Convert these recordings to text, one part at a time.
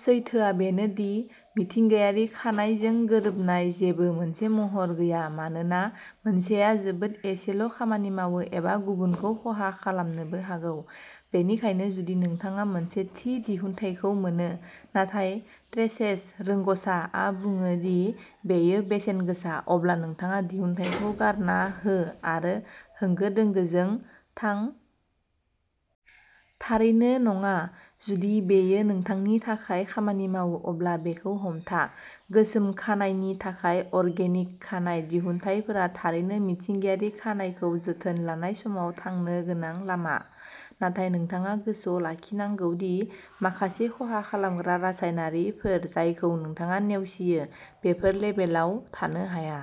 सैथोआ बेनो दि, मिथिंगायारि खानाइजों गोरोबनाय जेबो मोनसे महर गैया मानोना मोनसेया जोबोद एसेल' खामानि मावो एबा गुबुनखौ खहा खालामनोबो हागौ, बेनिखायनो जुदि नोंथाङा मोनसे थि दिहुनथाइखौ मोनो, नाथाय "ट्रेसेस रोंग'सा" आ बुङो दि बेयो बेसेनगोसा, अब्ला नोंथाङा दिहुनथायखौ गारना हो आरो होंगो दोंगोजों थां। थारैनो नङा, जुदि बेयो नोंथांनि थाखाय खामानि मावो, अब्ला बेखौ हमथा, गोसोम खानाइनि थाखाय अर्गेनिक खानाइ दिहुनथायफोरा थारैनो मिथिंगायारि खानाइखौ जोथोन लानाय समाव थांनो गोनां लामा, नाथाय नोंथाङा गोसोआव लाखिनांगौ दि माखासे खहा खालामग्रा रासायनारिफोर जायखौ नोंथाङा नेवसियो, बेफोर लेबेलआव थानो हाया।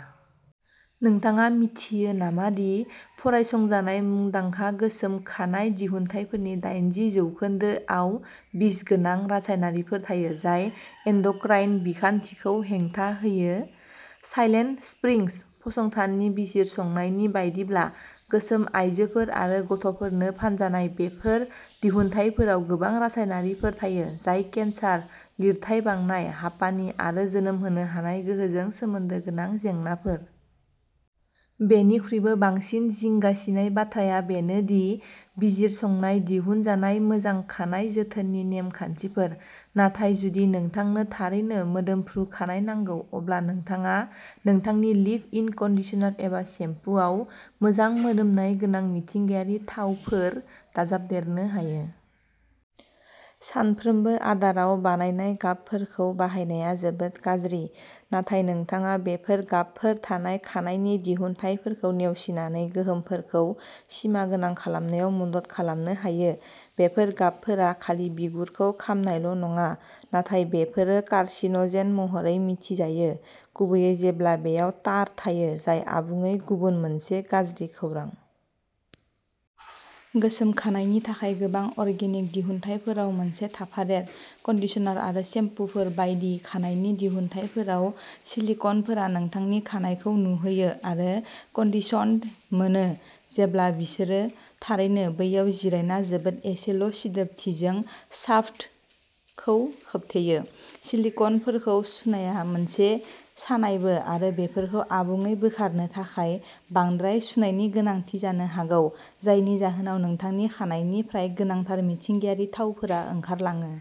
नोंथाङा मिथियो नामा दि फरायसंजानाय मुंदांखा गोसोम खानाइ दिहुनथायफोरनि दाइनजि जौखोनदो आव बिसगोनां रासायनारिफोर थायो जाय एन्डक्राइन बिखान्थिखौ "हेंथा" होयो, साइलेन्ट स्प्रिंग्स फसंथाननि बिजिरसंनायनि बायदिब्ला, गोसोम आयजोफोर आरो गथ'फोरनो फानजानाय बेफोर दिहुनथायफोराव गोबां रासायनारिफोर थायो, जाय केन्सार, लिरथाय बांनाय, हापानि आरो जोनोम होनो हानाय गोहोजों सोमोन्दो गोनां जेंनाफोर। बेनिख्रुइबो बांसिन जिंगासिनाय बाथ्राया बेनो दि बिजिरसंनाय दिहुनजानाय मोजां खानाय जोथोननि नेमखान्थिफोर, नाथाय जुदि नोंथांनो थारैनो मोदोमफ्रु खानाय नांगौ, अब्ला नोंथाङा नोंथांनि लिभ-इन कन्डिशनार एबा सेम्पुआव मोजां मोदोमनाय गोनां मिथिंगायारि थावफोर दाजाबदेरनो हायो। सानफ्रोमबो आदाराव बानायनाय गाबफोरखौ बाहायनाया जोबोद गाज्रि, नाथाय नोंथाङा बेफोर गाबफोर थानाय खानाइनि दिहुनथायफोरखौ नेवसिनानै गोहोमफोरखौ सिमागोनां खालामनायाव मदद खालामनो हायो। बेफोर गाबफोरा खालि बिगुरखौ खामनायल' नङा, नाथाय बेफोरो कार्सिन'जेन महरै मिथिजायो, गुबैयै जेब्ला बेयाव टार थायो जाय आबुङै गुबुन मोनसे गाज्रि खौरां। गोसोम खानाइनि थाखाय गोबां अर्गेनिक दिहुनथायफोराव मोनसे थाफादेर, कन्डिशनार आरो सेम्पुफोर बायदि खानाइनि दिहुनथायफोराव सिलिक'नफोरा नोंथांनि खानाइखौ नुहोयो आरो कन्डिशन्ड मोनो जेब्ला बिसोरो थारैनो बैयाव जिरायना जोबोद एसेल' सिदोबथिजों शाफ्टखौ खोबथेयो। सिलिक'नफोरखौ सुनाया मोनसे सानायबो आरो बेफोरखौ आबुङै बोखारनो थाखाय बांद्राय सुनायनि गोनांथि जानो हागौ, जायनि जाहोनाव नोंथांनि खानाइनिफ्राय गोनांथार मिथिंगायारि थावफोरा ओंखारलाङो।